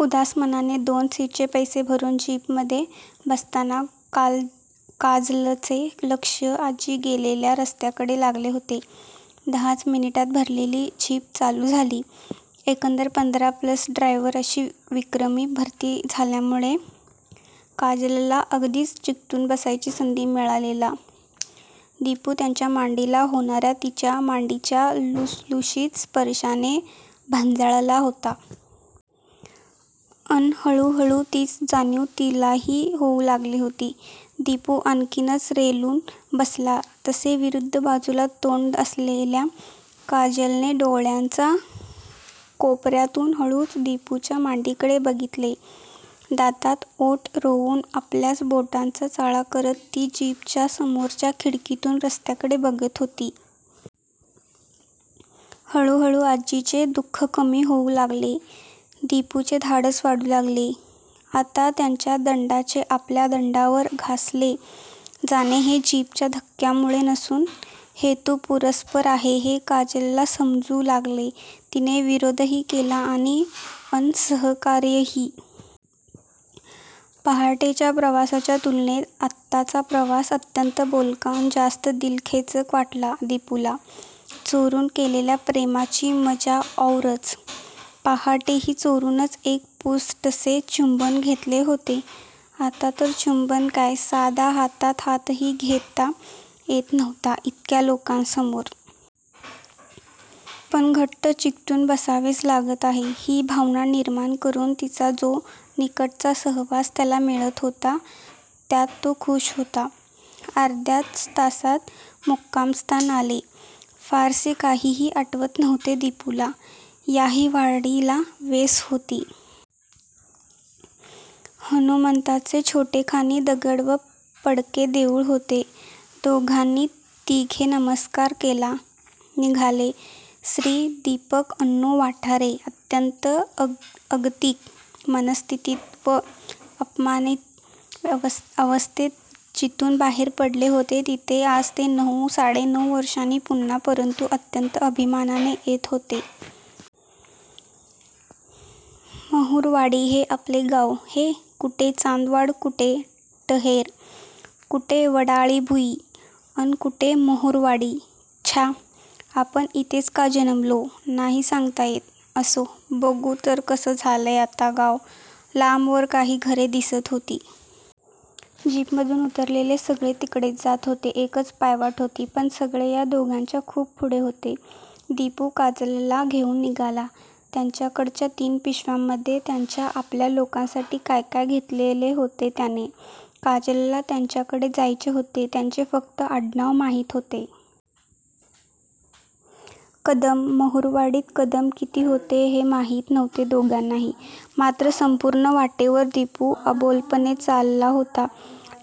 उदास मनाने दोन सीटचे पैसे भरून जीपमधे बसताना काजलचे लक्ष आजी गेलेल्या रस्त्याकडे लागले होते. दहाच मिनिटात भरलेली जीप चालू झाली. एकंदर पंधरा प्लस ड्रायव्हर अशी विक्रमी भरती झाल्यामुळे काजलला अगदीच चिकटून बसायची संधी मिळालेला दिपू त्याच्या मांडीला होणार्या तिच्या मांडीच्या लुसलुशीत स्पर्शाने भंजाळला होता. अन हळूहळू तीच जाणीव तिलाही होऊ लागली होती. दिपू आणखीनच रेलून बसला तसे विरुद्ध बाजूला तोंड असलेल्या काजलने डोळ्यांच्या कोपर्यातून हळूच दिपूच्या मांडीकडे बघितले. दातात ओठ रोवून आपल्याच बोटांचा चाळा करत ती जीपच्या समोरच्या खिडकीतून रस्त्याकडे बघत होती. हळूहळू आजीचे दु:ख कमी होऊ लागले. दिपूचे धाडस वाढू लागले. आता त्याच्या दंडाचे आपल्या दंडावर घासले जाणे हे जीपच्या धक्क्यांमुळे नसून हेतूपुरस्पर आहे हे काजलला समजू लागले. तिने विरोधही केला नाही अन सहकार्यही! पहाटेच्या प्रवासाच्या तुलनेत आत्ताचा प्रवास अत्यंत बोलका अन जास्त दिलखेचक वाटला दिपूला. चोरून केलेल्या प्रेमाची मजा औरच! पहाटेही चोरूनच एक पुसटसे चुंबन घेतले होते. आत्ता तर चुंबन काय, साधा हातात हातही घेता येत नव्हता इतक्या लोकांसमोर! पण घट्ट चिकटून 'बसावेच लागत आहे' ही भावना निर्माण करून तिचा जो निकटचा सहवास त्याला मिळत होता त्यात तो खुष होता. अर्ध्याच तासात मुक्कामस्थान आले. फारसे काहीही आठवत नव्हते दिपूला. याही वाडीला वेस होती. हनुमंताचे छोटेखानी दगडी व पडके देऊळ होते. दोघांनी तिथे नमस्कार केला. निघाले. श्री. दीपक अण्णू वाठारे अत्यंत अगतिक मनस्थितीत व अपमानीत अवस्थेत जिथून बाहेर पडले होते तिथे आज ते नऊ, साडे नऊ वर्षांनी पुन्हा परंतू अत्यंत अभिमानाने येत होते. महुरवाडी! हे आपले गाव? हे? कुठे चांदवड, कुठे टहेरं! कुठे वडाळी भुई! अन कुठे महुरवाडी! छ्या! आपण इथेच का जन्मलो? नाही सांगता येत! असो. बघू तर कसं झालंय आता गाव? लांबवर काही घरे दिसत होती. जीपमधून उतरलेले सगळे तिकडेच जात होते. एकच पायवाट होती. पण सगळे या दोघांच्या खूप पुढे होते. दिपू काजलला घेऊन निघाला. त्याच्याकडच्या तीन पिशव्यांमधे त्याच्या 'आपल्या' लोकांसाठी काय काय घेतलेले होते त्याने. काजलला ज्यांच्याकडे जायचे होते त्यांचे फक्त आडनाव माहीत होते. कदम! महुरवाडीत कदम किती होते हे माहीत नव्हते दोघांनाही! मात्र, संपूर्ण वाटेवर दिपू अबोलपणे चालला होता.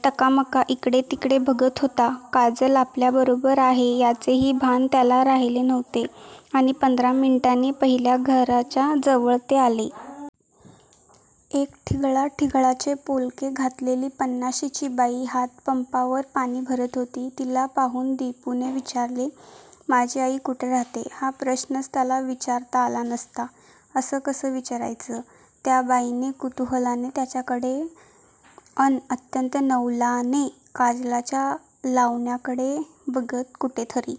टकामका इकडे तिकडे बघत होता. काजल आपल्याबरोबर आहे याचेही भान त्याला राहिले नव्हते. आणि पंधरा मिनिटांनी पहिल्या घराच्या जवळ ते आले. एक ठिगळाठिगळांचे पोलके घातलेली पन्नाशीची बाई हातपंपावर पाणी भरत होती. तिला पाहून दिपूने विचारले. 'माझी आई कुठे राहते'! हा प्रश्नच त्याला विचारता आला नसता. असं कसं विचारायचं? त्या बाईने कुतुहलाने त्याच्याकडे अन अत्यंत नवलाने काजलच्या लावण्याकडे बघत कुठेतरी